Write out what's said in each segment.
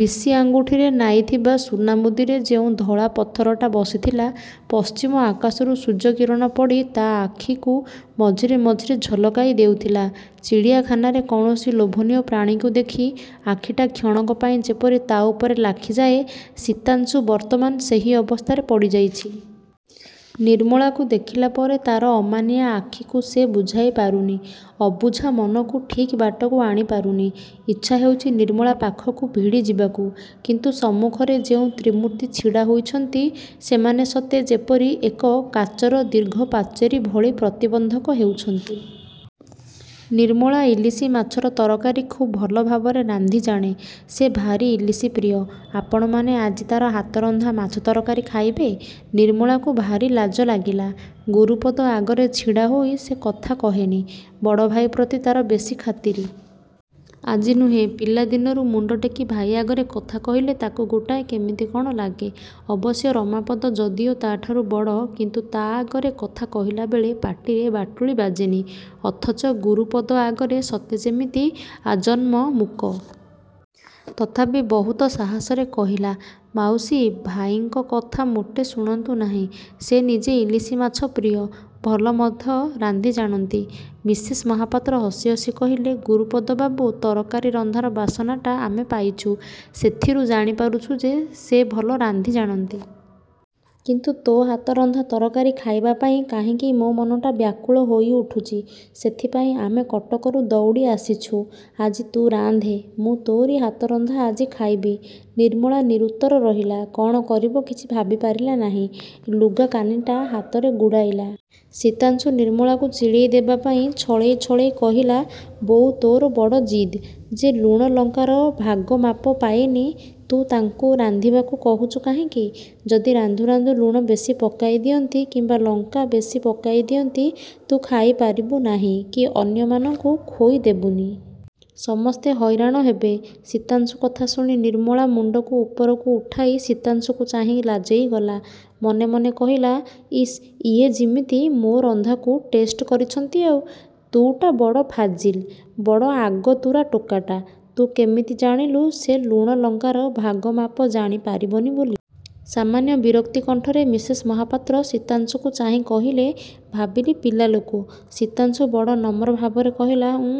ବିଶି ଆଙ୍ଗୁଠିରେ ନାଇଥିବା ସୁନାମୁଦିରେ ଯେଉଁ ଧଳାପଥରଟା ବସିଥିଲା, ପଶ୍ଚିମ ଆକାଶରୁ ସୂର୍ଯ୍ୟକିରଣ ପଡ଼ି ତା' ଆଖିକୁ ମଝିରେ ମଝିରେ ଝଲକାଇ ଦେଉଥିଲା। ଚିଡ଼ିଆଖାନାରେ କୌଣସି ଲୋଭନୀୟ ପ୍ରାଣୀକୁ ଦେଖି ଆଖିଟା କ୍ଷଣକ ପାଇଁ ଯେପରି ତା' ଉପରେ ଲାଖିଯାଏ, ଶୀତାଂଶୁ ବର୍ତ୍ତମାନ୍ ସେହି ଅବସ୍ଥାରେ ପଡ଼ିଯାଇଛି। ନିର୍ମଳାକୁ ଦେଖିଲା ପରେ ତା'ର ଅମାନିଆ ଆଖିକୁ ସେ ବୁଝାଇ ପାରୁନି। ଅବୁଝା ମନକୁ ଠିକ୍ ବାଟକୁ ଆଣିପାରୁନି। ଇଚ୍ଛା ହେଉଛି ନିର୍ମଳା ପାଖକୁ ଭିଡ଼ିଯିବାକୁ। କିନ୍ତୁ ସମ୍ମୁଖରେ ଯେଉଁ ତ୍ରିମୂର୍ତ୍ତି ଛିଡ଼ା ହୋଇଛନ୍ତି, ସେମାନେ ସତେ ଯେପରି ଏକ କାଚର ଦୀର୍ଘ ପାଚେରୀଭଳି ପ୍ରତିବନ୍ଧକ ହେଉଛନ୍ତି। ନିର୍ମଳା ଇଲିସି ମାଛର ତରକାରୀ ଖୁବ୍ ଭଲ ଭାବରେ ରାନ୍ଧି ଜାଣେ। ସେ ଭାରି ଇଲିସି ପ୍ରିୟ, ଆପଣମାନେ ଆଜି ତା'ର ହାତରନ୍ଧା ମାଛ ତରକାରୀ ଖାଇବେ। ନିର୍ମଳାକୁ ଭାରି ଲାଜ ଲାଗିଲା, ଗୁରୁପଦ ଆଗରେ ଛିଡ଼ା ହୋଇ ସେ କଥା କହେନି। ବଡ଼ଭାଇ ପ୍ରତି ତା'ର ବେଶି ଖାତିରି। ଆଜି ନୁହେଁ ପିଲାଦିନରୁ ମୁଣ୍ଡଟେକି ଭାଇ ଆଗରେ କଥା କହିଲେ ତା'କୁ ଗୋଟାଏ କେମିତି କ'ଣ ଲାଗେ? ଅବଶ୍ୟ ରମାପଦ ଯଦିଓ ତା'ଠାରୁ ବଡ଼, କିନ୍ତୁ ତା' ଆଗରେ କଥା କହିଲାବେଳେ ପାଟିରେ ବାଟୁଳି ବାଜେନି। ଅଥଚ ଗୁରୁପଦ ଆଗରେ ସତେ ଯେମିତି ଆଜନ୍ମ ମୁକ। ତଥାପି ବହୁତ ସାହସରେ କହିଲା, ମାଉସୀ, ଭାଇଙ୍କ କଥା ମୋଟେ ଶୁଣନ୍ତୁ ନାହିଁ। ସେ ନିଜେ ଇଲିସି ମାଛ ପ୍ରିୟ, ଭଲ ମଧ୍ୟ ରାନ୍ଧି ଜାଣନ୍ତି। ମିସେସ୍ ମହାପାତ୍ର ହସି ହସି କହିଲେ, ଗୁରୁପଦ ବାବୁ ତରକାରୀ ରନ୍ଧାର ବାସନାଟା ଆମେ ପାଇଛୁ। ସେଥିରୁ ଜାଣିପାରିଛୁ ଯେ ସେ ଭଲ ରାନ୍ଧି ଜାଣନ୍ତି। କିନ୍ତୁ ତୋ ହାତରନ୍ଧା ତରକାରୀ ଖାଇବା ପାଇଁ କାହିଁକି ମୋ ମନଟା ବ୍ୟାକୁଳ ହୋଇଉଠୁଛି ସେଥିପାଇଁ ଆମେ କଟକରୁ ଦୌଡ଼ି ଆସିଛୁ। ଆଜି ତୁ ରାନ୍ଧେ। ମୁଁ ତୋରି ହାତରନ୍ଧା ଆଜି ଖାଇବି। ନିର୍ମଳା ନିରୁତ୍ତର ରହିଲା। କ'ଣ କରିବ କିଛି ଭାବିପାରିଲା ନାହିଁ। ଲୁଗାକାନିଟା ହାତରେ ଗୁଡ଼ାଇଲା। ଶୀତାଂଶୁ ନିର୍ମଳାକୁ ଚିଡ଼େଇ ଦେବା ପାଇଁ ଛଳେଇ ଛଳେଇ କହିଲା, ବୋଉ ତୋର ବଡ଼ ଜିଦ୍। ଯେ ଲୁଣ ଲଙ୍କାର ଭାଗମାପ ପାଏନି, ତୁ ତାଙ୍କୁ ରାନ୍ଧିବାକୁ କହୁଛୁ କାହିଁକି? ଯଦି ରାନ୍ଧୁ ରାନ୍ଧୁ ଲୁଣ ବେଶି ପକାଇ ଦିଅନ୍ତି କିମ୍ୱା ଲଙ୍କା ବେଶି ପକାଇ ଦିଅନ୍ତି, ତୁ ଖାଇପାରିବୁ ନାହିଁ କି ଅନ୍ୟମାନଙ୍କୁ ଖୋଇ ଦେବୁନି। ସମସ୍ତେ ହଇରାଣ ହେବେ। ଶୀତାଂଶୁ କଥା ଶୁଣି ନିର୍ମଳା ମୁଣ୍ଡକୁ ଉପରକୁ ଉଠାଇ ଶୀତାଂଶୁକୁ ଚାହିଁ ଲାଜେଇ ଗଲା। ମନେ ମନେ କହିଲା, ଇସ୍ ଇଏ ଯିମିତି ମୋ ରନ୍ଧାକୁ ଟେଷ୍ଟ କରିଛନ୍ତି। ତୁ ଟା ବଡ଼ ଫାଜିଲ୍। ବଡ଼ ଆଗତୁରା ଟୋକାଟା। ତୁ କେମିତି ଜାଣିଲୁ ସେ ଲୁଣ ଲଙ୍କାର ଭାଗ ମାପ ଜାଣି ପାରିବନି ବୋଲି? ସାମାନ୍ୟ ବିରକ୍ତି କଣ୍ଠରେ ମିସେସ୍ ମହାପାତ୍ର ଶୀତାଂଶୁକୁ ଚାହିଁ କହିଲେ। ଭାବିଲି ପିଲାଲୋକ। ଶୀତାଂଶୁ ବଡ଼ ନମ୍ର ଭାବରେ କହିଲା। ଉଁ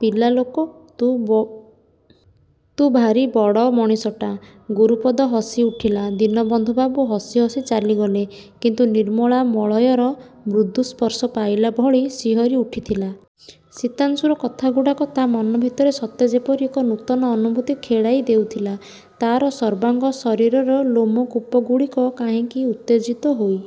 ପିଲାଲୋକ ତୁ ଭାରି ବଡ଼ ମଣିଷଟା। ଗୁରୁପଦ ହସି ଉଠିଲା ଦୀନବନ୍ଧୁ ବାବୁ ହସି ହସି ଚାଲିଗଲେ। କିନ୍ତୁ ନିର୍ମଳା ମଳୟର ମୃଦୁ ସ୍ପର୍ଶ ପାଇଲା ଭଳି ଶିହରୀ ଉଠିଥିଲା। ଶୀତାଂଶୁର କଥାଗୁଡ଼ାକ ତା' ମନ ଭିତରେ ସତେ ଯେପରି ଏକ ନୂତନ ଅନୁଭୂତି ଖେଳାଇ ଦେଉଥିଲା। ତା'ର ସର୍ବାଙ୍ଗ ଶରୀରର ଲୋମକୂପଗୁଡ଼ିକ କାହିଁକି ଉତ୍ତେଜିତ ହୋଇ